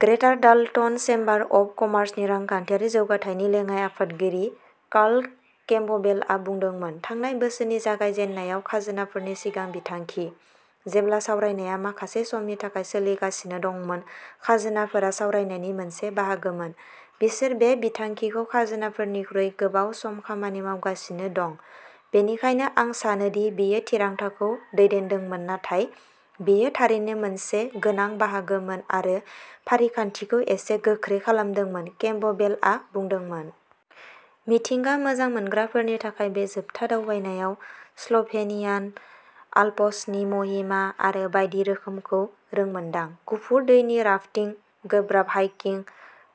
ग्रेटार Dalton Chamber of कमार्सनि रांखान्थियारि जौगाथायनि लेङाइ आफादगिरि कार्ल केम्पबेलआ बुंदोंमोन, थांनाय बोसोरनि जागायजेननायाव, खाजोनाफोरनि सिगां बिथांखि। जेब्ला सावरायनाया माखासे समनि थाखाय सोलिगासिनो दंमोन, खाजोनाफोरा सावरायनायनि मोनसे बाहागोमोन। बिसोर बे बिथांखिखौ खाजोनाफोरनिख्रुइ गोबाव सम खामानि मावगासिनो दं। बेनिखायनो आं सानो दि बेयो थिरांथाखौ दैदेनदोंमोन नाथाय बेयो थारैनो मोनसे गोनां बाहागोमोन आरो फारिखान्थिखौ एसे गोख्रै खालामदोंमोन केम्पबेलआ बुंदोंमोन। मिथिंगा मोजां मोनग्राफोरनि थाखाय बे जोबथा दावबायनायाव स्ल'भेनियान आल्प्सनि महिमा आरो बायदि रोखोमखौ रोंमोनदां। गुफुर दैनि राफ्टिं, गोब्राब हाइकिं,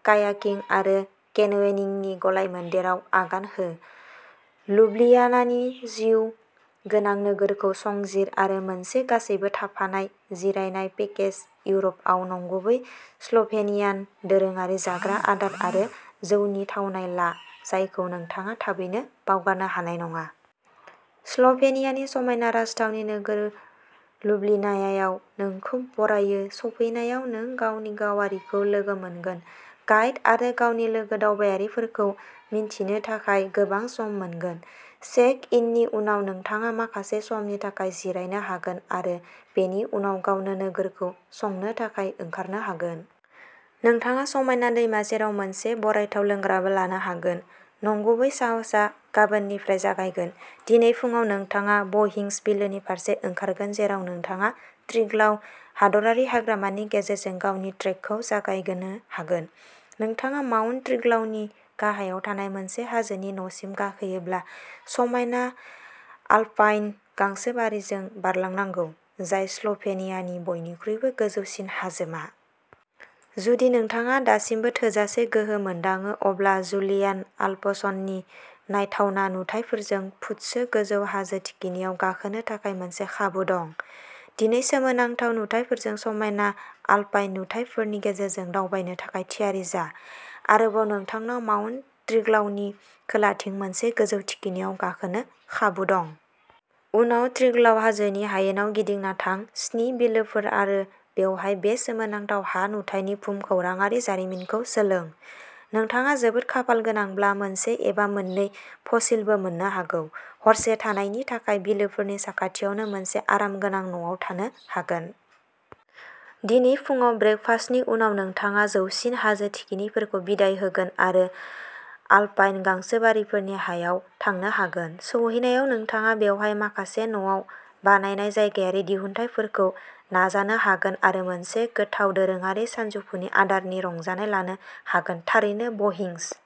कायाकिं आरो केनयनिंनि गलायमोन्देरआव आगान हो। लुब्लियानानि जिउ गोनां नोगोरखौ संजिर आरो मोनसे गासैबो थाफानाय जिरायनाय पेकेज इउर'पआव नंगुबै स्ल'भेनियान दोरोङारि जाग्रा आदार आरो जौनि थावनाय ला जायखौ नोंथाङा थाबैनो बावगारनो हानाय नङा। स्ल'भेनियानि समायना राजथावनि नोगोर लुब्लियानायाव नोंखौ बरायो। सफैनायाव, नों गावनि गावारिखौ लोगो मोनगोन। गाइड आरो गावनि लोगो दावबायारिफोरखौ मिन्थिनो थाखाय गोबां सम मोनगोन। चेक-इननि उनाव, नोंथाङा माखासे समनि थाखाय जिरायनो हागोन आरो बेनि उनाव गावनो नोगोरखौ संनो थाखाय ओंखारनो हागोन। नोंथाङा समायना दैमा सेराव मोनसे बरायथाव लोंग्राबो लानो हागोन। नंगुबै साहसआ गाबोननिफ्राय जागायगोन। दिनै फुङाव, नोंथाङा ब'हिंज बिलोनि फारसे ओंखारगोन जेराव नोंथाङा ट्रिग्लाव हादरारि हाग्रामानि गेजेरजों गावनि ट्रेकखौ जागायगोनो हागोन। नोंथाङा माउन्ट ट्रिग्लावनि गाहायाव थानाय मोनसे हाजोनि न'सिम गाखोयोब्ला समायना आल्पाइन गांसोबारिजों बारलांनांगौ, जाय स्ल'भेनियानि बयनिख्रुइबो गोजौसिन हाजोमा। जुदि नोंथाङा दासिमबो थोजासे गोहो मोनदाङो, अब्ला जुलियान आल्प्सननि नायथावना नुथायफोरजों फुटसो गोजौ हाजो थिखिनियाव गाखोनो थाखाय मोनसे खाबु दं। दिनै, सोमोनांथाव नुथायफोरजों समायना आल्पाइन नुथायफोरनि गेजेरजों दावबायनो थाखाय थियारि जा। आरोबाव नोंथांनाव माउन्ट ट्रिग्लावनि खोलाथिं मोनसे गोजौ थिखिनियाव गाखोनो खाबु दं। उनाव, ट्रिग्लाव हाजोनि हायेनाव गिदिंना थां। स्नि बिलोफोर आरो बेवहाय बे सोमोनांथाव हा-नुथायनि भुमखौराङारि जारिमिनखौ सोलों। नोंथाङा जोबोद खाफाल गोनांब्ला मोनसे एबा मोननै फसिलबो मोननो हागौ। हरसे थानायनि थाखाय बिलोफोरनि साखाथियावनो मोनसे आरामगोनां न'आव थानो हागोन। दिनै फुङाव ब्रेकफास्टनि उनाव, नोंथाङा जौसिन हाजो थिखिनिफोरखौ बिदाय होगोन आरो आल्पाइन गांसोबारिफोरनि हायाव थांनो हागोन। सौहैनायाव, नोंथाङा बेवहाय माखासे न'आव बानायनाय जायगायारि दिहुनथायफोरखौ नाजानो हागोन आरो मोनसे गोथाव दोरोङारि सानजौफुनि आदारनि रंजानाय लानो हागोन थारैनो ब'हिंज।